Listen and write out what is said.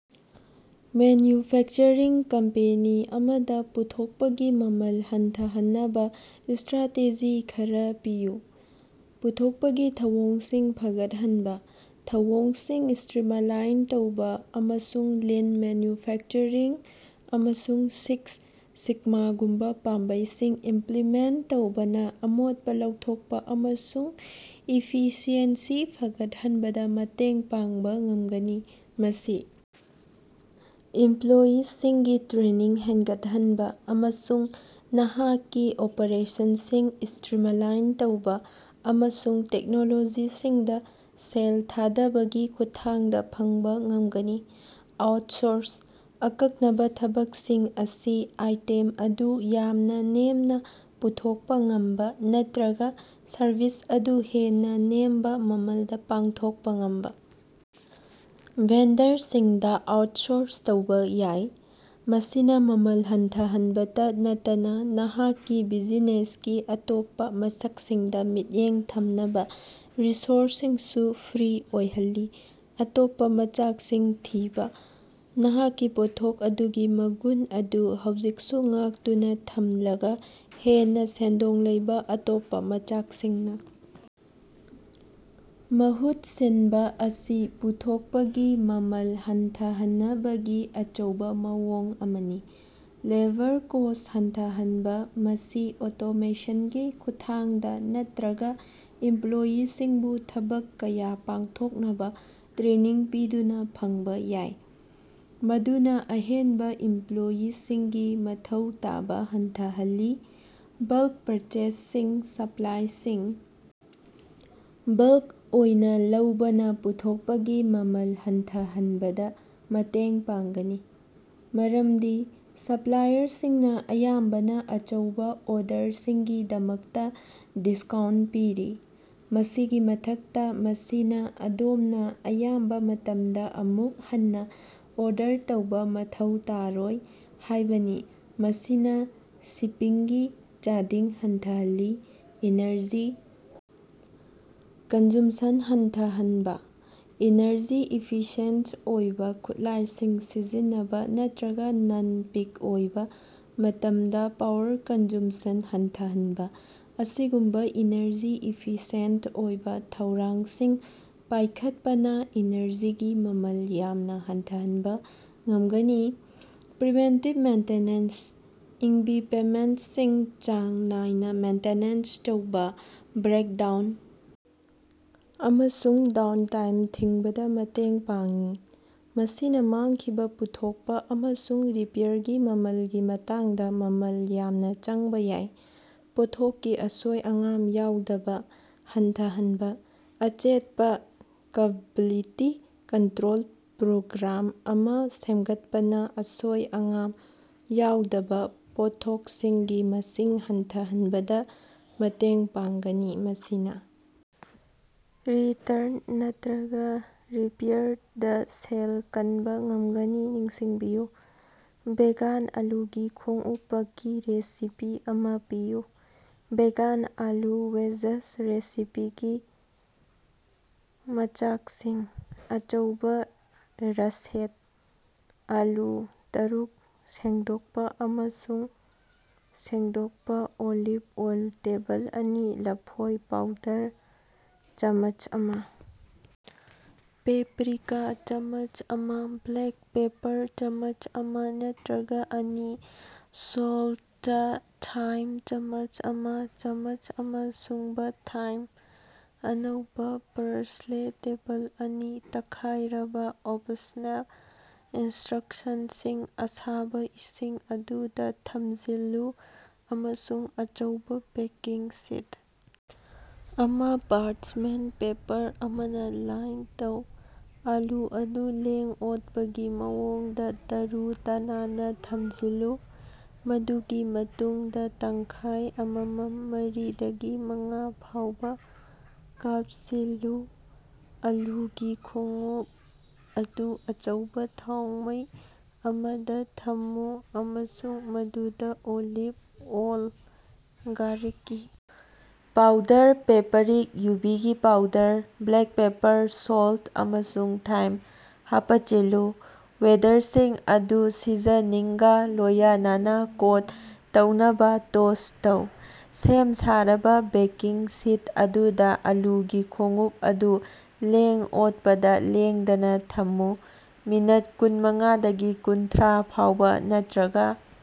Manufacturing company ꯑꯃꯗ ꯄꯨꯊꯣꯛꯄꯒꯤ ꯃꯃꯜ ꯍꯟꯊꯍꯟꯅꯕ ꯁ꯭ꯇꯔꯥꯇꯦꯖꯤ ꯈꯔ ꯄꯤꯌꯨ꯫ ꯄꯨꯊꯣꯛꯄꯒꯤ ꯊꯧꯑꯣꯡꯁꯤꯡ ꯐꯒꯠꯍꯟꯕ: ꯊꯧꯑꯣꯡꯁꯤꯡ ꯁ꯭ꯇꯔꯤꯃꯂꯥꯏꯟ ꯇꯧꯕ ꯑꯃꯁꯨꯡ ꯂꯤꯟ ꯃꯦꯟꯌꯨꯐꯦꯀꯆꯔꯤꯡ ꯑꯃꯁꯨꯡ ꯁꯤꯛꯁ ꯁꯤꯒꯃꯥꯒꯨꯝꯕꯥ ꯄꯥꯝꯕꯩꯁꯤꯡ ꯏꯝꯞꯂꯤꯃꯦꯟꯇ ꯇꯧꯕꯅ ꯑꯃꯣꯠꯄ ꯂꯧꯊꯣꯛꯄ ꯑꯃꯁꯨꯡ ꯏꯐꯤꯁꯤꯑꯦꯟꯁꯤ ꯐꯒꯠꯍꯟꯕꯗ ꯃꯇꯦꯡ ꯄꯥꯡꯕ ꯉꯝꯒꯅꯤ꯫ ꯃꯁꯤ ꯏꯝꯞꯂꯣꯌꯤꯁꯤꯡꯒꯤ ꯇ꯭ꯔꯦꯅꯤꯡ ꯍꯦꯟꯒꯠꯍꯟꯕ ꯑꯃꯁꯨꯡ ꯅꯍꯥꯛꯀꯤ ꯑꯣꯄꯔꯦꯁꯟꯁꯤꯡ ꯁ꯭ꯇ꯭ꯔꯤꯃꯂꯥꯏꯟ ꯇꯧꯕ ꯑꯃꯁꯨꯡ ꯇꯦꯛꯅꯣꯂꯣꯖꯤꯁꯤꯡꯗ ꯁꯦꯜ ꯊꯥꯗꯕꯒꯤ ꯈꯨꯠꯊꯥꯡꯗ ꯐꯪꯕ ꯉꯝꯒꯅꯤ꯫ ꯑꯥꯎꯠꯁꯣꯔꯁ: ꯑꯀꯛꯅꯕ ꯊꯕꯛꯁꯤꯡ ꯑꯁꯤ ꯑꯥꯏꯇꯦꯝ ꯑꯗꯨ ꯌꯥꯝꯅ ꯅꯦꯝꯅ ꯄꯨꯊꯣꯛꯄ ꯉꯝꯕ ꯅꯠꯇ꯭ꯔꯒ ꯁꯔꯚꯤꯁ ꯑꯗꯨ ꯍꯦꯟꯅ ꯅꯦꯝꯕ ꯃꯃꯜꯗ ꯄꯥꯡꯊꯣꯛꯄ ꯉꯝꯕ ꯚꯦꯟꯗꯔꯁꯤꯡꯗ ꯑꯥꯎꯠꯁꯣꯔꯁ ꯇꯧꯕ ꯌꯥꯏ꯫ ꯃꯁꯤꯅ ꯃꯃꯜ ꯍꯟꯊꯍꯟꯕꯇ ꯅꯠꯇꯅ ꯅꯍꯥꯛꯀꯤ ꯕꯤꯖꯤꯅꯦꯁꯀꯤ ꯑꯇꯣꯞꯄ ꯃꯁꯛꯁꯤꯡꯗ ꯃꯤꯠꯌꯦꯡ ꯊꯝꯅꯕ ꯔꯤꯁꯣꯔꯁꯁꯤꯡꯁꯨ ꯐ꯭ꯔꯤ ꯑꯣꯏꯍꯜꯂꯤ꯫ ꯑꯇꯣꯞꯄ ꯃꯆꯥꯛꯁꯤꯡ ꯊꯤꯕ: ꯅꯍꯥꯛꯀꯤ ꯄꯣꯠꯊꯣꯛ ꯑꯗꯨꯒꯤ ꯃꯒꯨꯟ ꯑꯗꯨ ꯍꯧꯖꯤꯛꯁꯨ ꯉꯥꯛꯇꯨꯅ ꯊꯝꯂꯒ ꯍꯦꯟꯅ ꯁꯦꯟꯗꯣꯡ ꯂꯩꯕ ꯑꯇꯣꯞꯄ ꯃꯆꯥꯛꯁꯤꯡꯅ ꯃꯍꯨꯠ ꯁꯤꯟꯕ ꯑꯁꯤ ꯄꯨꯊꯣꯛꯄꯒꯤ ꯃꯃꯜ ꯍꯟꯊꯍꯟꯅꯕꯒꯤ ꯑꯆꯧꯕ ꯃꯑꯣꯡ ꯑꯃꯅꯤ꯫ ꯂꯦꯕꯔ ꯀꯣꯁ꯭ꯠ ꯍꯟꯊꯍꯟꯕ ꯃꯁꯤ ꯑꯣꯇꯣꯃꯦꯁꯟꯒꯤ ꯈꯨꯠꯊꯥꯡꯗ ꯅꯠꯇ꯭ꯔꯒ ꯏꯝꯄꯂꯣꯌꯤꯁꯤꯡꯕꯨ ꯊꯕꯛ ꯀꯌꯥ ꯄꯥꯡꯊꯣꯛꯅꯕ ꯇ꯭ꯔꯦꯅꯤꯡ ꯄꯤꯗꯨꯅ ꯐꯪꯕ ꯌꯥꯏ꯫ ꯃꯗꯨꯅ ꯑꯍꯦꯟꯕ ꯏꯝꯄꯂꯣꯌꯤꯁꯤꯡꯒꯤ ꯃꯊꯧ ꯇꯥꯕ ꯍꯟꯊꯍꯜꯂꯤ꯫ ꯕꯜꯀ ꯄꯔꯆꯦꯖꯁꯤꯡ ꯁꯞꯂꯥꯏꯁꯤꯡ ꯕꯜꯀ ꯑꯣꯏꯅ ꯂꯧꯕꯅ ꯄꯨꯊꯣꯛꯄꯒꯤ ꯃꯃꯜ ꯍꯟꯊꯍꯟꯕꯗ ꯃꯇꯦꯡ ꯄꯥꯡꯒꯅꯤ꯫ ꯃꯔꯝꯗꯤ ꯁꯞꯂꯥꯏꯌꯔꯁꯤꯡꯅ ꯑꯌꯥꯝꯕꯅ ꯑꯆꯧꯕ ꯑꯣꯔꯗꯔꯁꯤꯡꯒꯤꯗꯃꯛꯇ ꯗꯤꯁꯀꯥꯎꯟꯇ ꯄꯤꯔꯤ꯫ ꯃꯁꯤꯒꯤ ꯃꯊꯛꯇ ꯃꯁꯤꯅ ꯑꯗꯣꯝꯅ ꯑꯌꯥꯝꯕ ꯃꯇꯝꯗ ꯑꯃꯨꯛ ꯍꯟꯅ ꯑꯣꯔꯗꯔ ꯇꯧꯕ ꯃꯊꯧ ꯇꯥꯔꯣꯏ ꯍꯥꯏꯕꯅꯤ ꯃꯁꯤꯅꯥ ꯁꯤꯄꯤꯡꯒꯤ ꯆꯥꯗꯤꯡ ꯍꯟꯊꯍꯜꯂꯤ꯫ ꯏꯅꯔꯖꯤ ꯀꯟꯖꯨꯝꯄꯁꯟ ꯍꯟꯊꯍꯟꯕ: ꯏꯅꯔꯖꯤ ꯏꯐꯤꯁꯤꯌꯦꯟꯇ ꯑꯣꯏꯕ ꯈꯨꯠꯂꯥꯏꯁꯤꯡ ꯁꯤꯖꯤꯟꯅꯕ ꯅꯠꯇ꯭ꯔꯒ ꯅꯟ-ꯄꯤꯛ ꯑꯣꯏꯕ ꯃꯇꯝꯗ ꯄꯥꯋꯔ ꯀꯟꯖꯨꯝꯄꯁꯟ ꯍꯟꯊꯍꯟꯕ ꯑꯁꯤꯒꯨꯝꯕ ꯏꯅꯔꯖꯤ ꯏꯐꯤꯁꯤꯌꯦꯟꯇ ꯑꯣꯏꯕꯥ ꯊꯧꯔꯥꯡꯁꯤꯡ ꯄꯥꯌꯈꯠꯄꯅꯥ ꯏꯅꯔꯖꯤꯒꯤ ꯃꯃꯜ ꯌꯥꯝꯅ ꯍꯟꯊꯍꯟꯕ ꯉꯝꯒꯅꯤ꯫ ꯄ꯭ꯔꯤꯚꯦꯟꯇꯤꯕ ꯃꯦꯟꯇꯦꯅꯦꯟꯁ: ꯏꯪꯕꯤꯄꯃꯦꯟꯇꯁꯤꯡ ꯆꯥꯡ ꯅꯥꯏꯅ ꯃꯦꯟꯇꯤꯅꯦꯟꯁ ꯇꯧꯕ ꯕ꯭ꯔꯦꯛꯗꯥꯎꯟ ꯑꯃꯁꯨꯡ ꯗꯥꯎꯟꯇꯥꯏꯝ ꯊꯤꯡꯕꯗ ꯃꯇꯦꯡ ꯄꯥꯡꯏ꯫ ꯃꯁꯤꯅ ꯃꯥꯡꯈꯤꯕ ꯄꯨꯊꯣꯛꯄ ꯑꯃꯁꯨꯡ ꯔꯤꯄꯦꯌꯔꯒꯤ ꯃꯃꯜꯒꯤ ꯃꯇꯥꯡꯗ ꯃꯃꯜ ꯌꯥꯝꯅ ꯆꯪꯕ ꯌꯥꯏ꯫ꯄꯣꯠꯊꯣꯛꯀꯤ ꯑꯁꯣꯏ-ꯑꯉꯥꯝ ꯌꯥꯎꯗꯕ ꯍꯟꯊꯍꯟꯕ: ꯑꯆꯦꯠꯄ ꯀ꯭ꯕꯥꯂꯤꯇꯤ ꯀꯟꯇ꯭ꯔꯣꯜ ꯄ꯭ꯔꯣꯒ꯭ꯔꯥꯝ ꯑꯃ ꯁꯦꯝꯒꯠꯄꯅ ꯑꯁꯣꯏ-ꯑꯉꯥꯝ ꯌꯥꯎꯗꯕ ꯄꯣꯠꯊꯣꯛꯁꯤꯡꯒꯤ ꯃꯁꯤꯡ ꯍꯟꯊꯍꯟꯕꯗ ꯃꯇꯦꯡ ꯄꯥꯡꯒꯅꯤ꯫ ꯃꯁꯤꯅ ꯔꯤꯇꯔꯟ ꯅꯠꯇ꯭ꯔꯒ ꯔꯤꯄꯦꯌꯔꯗ ꯁꯦꯜ ꯀꯟꯕ ꯉꯝꯒꯅꯤ ꯅꯤꯡꯁꯤꯡꯕꯤꯌꯨ꯫ ꯚꯦꯒꯥꯟ ꯑꯥꯂꯨꯒꯤ ꯈꯣꯡꯎꯄꯀꯤ ꯔꯦꯁꯤꯄꯤ ꯑꯃꯥ ꯄꯤꯌꯨ꯫ ꯚꯦꯒꯥꯟ ꯑꯥꯂꯨ ꯋꯦꯖꯁ ꯔꯦꯁꯤꯄꯤꯒꯤ ꯃꯆꯥꯛꯁꯤꯡ: ꯑꯆꯧꯕ ꯔꯁꯦꯠ ꯑꯥꯂꯨ ꯇꯔꯨꯛ, ꯁꯦꯡꯗꯣꯛꯄ ꯑꯃꯁꯨꯡ ꯁꯦꯡꯗꯣꯛꯄ ꯑꯣꯂꯤꯚ ꯑꯣꯏꯜ ꯇꯦꯕꯜ ꯑꯅꯤ ꯂꯐꯣꯏ ꯄꯥꯎꯗꯔ ꯆꯥꯃꯆ ꯑꯃ ꯄꯦꯄ꯭ꯔꯤꯀꯥ ꯆꯥꯃꯆ ꯑꯃ ꯕ꯭ꯂꯦꯛ ꯄꯦꯄꯔ ꯆꯥꯃꯆ ꯑꯃ ꯅꯠꯇ꯭ꯔꯒ ꯑꯅꯤ ꯁꯣꯜꯇ ꯊꯥꯏꯝ ꯆꯃꯆ ꯑꯃ ꯆꯥꯃꯆ ꯑꯃ ꯁꯨꯡꯕ ꯊꯥꯏꯝ꯫ -ꯑꯅꯧꯕ ꯄꯥꯔꯁꯂꯦ ꯇꯦꯕꯜ ꯑꯅꯤ ꯇꯛꯈꯥꯏꯔꯕ (ꯑꯣꯄꯁꯅꯦꯜ) ꯏꯅꯁ꯭ꯇꯔꯛꯁꯅꯁꯤꯡ: ꯑꯁꯥꯕꯥ ꯏꯁꯤꯡ ꯑꯗꯨ ꯗꯥ ꯊꯝꯖꯤꯜꯂꯨ ꯑꯃꯁꯨꯡ ꯑꯆꯧꯕ ꯕꯦꯀꯤꯡ ꯁꯤꯠ ꯑꯃ ꯄꯥꯔꯆꯃꯦꯟꯇ ꯄꯦꯄꯔ ꯑꯃꯅ ꯂꯥꯏꯟ ꯇꯧ꯫ ꯑꯥꯂꯨ ꯑꯗꯨ ꯂꯦꯡ-ꯑꯣꯠꯄꯒꯤ ꯃꯑꯣꯡꯗ ꯇꯔꯨ-ꯇꯅꯥꯟꯅ ꯊꯝꯖꯤꯜꯂꯨ꯫ ꯃꯗꯨꯒꯤ ꯃꯇꯨꯡꯗ ꯇꯪꯈꯥꯏ ꯑꯃꯃꯝ ꯃꯔꯤ ꯗꯒꯤ ꯃꯉꯥ ꯐꯥꯎꯕ ꯀꯥꯞꯁꯤꯜꯂꯨ꯫ ꯑꯥꯂꯨꯒꯤ ꯈꯣꯡꯎꯞ ꯑꯗꯨ ꯑꯆꯧꯕ ꯊꯥꯎꯃꯩ ꯑꯃꯗ ꯊꯝꯃꯨ ꯑꯃꯁꯨꯡ ꯃꯗꯨꯗ ꯑꯣꯂꯤꯚ ꯑꯣꯜ, ꯒꯥꯔꯤꯛꯀꯤ ꯄꯥꯎꯗꯔ, ꯄꯦꯄꯔꯤꯛ, ꯌꯨꯕꯤꯒꯤ ꯄꯥꯎꯗꯔ, ꯕ꯭ꯂꯦꯛ ꯄꯦꯄꯔ, ꯁꯣꯜꯇ ꯑꯃꯁꯨꯡ ꯊꯥꯏꯝ ꯍꯥꯄꯆꯤꯜꯂꯨ꯫ ꯋꯦꯗꯔꯁꯤꯡ ꯑꯗꯨ ꯁꯤꯖꯅꯤꯡꯒꯥ ꯂꯣꯌꯅꯅꯥ ꯀꯣꯠ ꯇꯧꯅꯕꯥ ꯇꯣꯁ ꯇꯧ꯫ ꯁꯦꯝ-ꯁꯥꯔꯕꯥ ꯕꯦꯀꯤꯡ ꯁꯤꯠ ꯑꯗꯨꯗꯥ ꯑꯥꯂꯨꯒꯤ ꯈꯣꯡꯎꯞ ꯑꯗꯨ ꯂꯦꯡ-ꯑꯣꯠꯄꯗ ꯂꯦꯡꯗꯅꯥ ꯊꯝꯃꯨ꯫ ꯃꯤꯅꯠ ꯀꯨꯟꯃꯉꯥꯗꯒꯤ ꯀꯨꯟꯊ꯭ꯔꯥ ꯐꯥꯎꯕ ꯅꯠꯇ꯭ꯔꯒ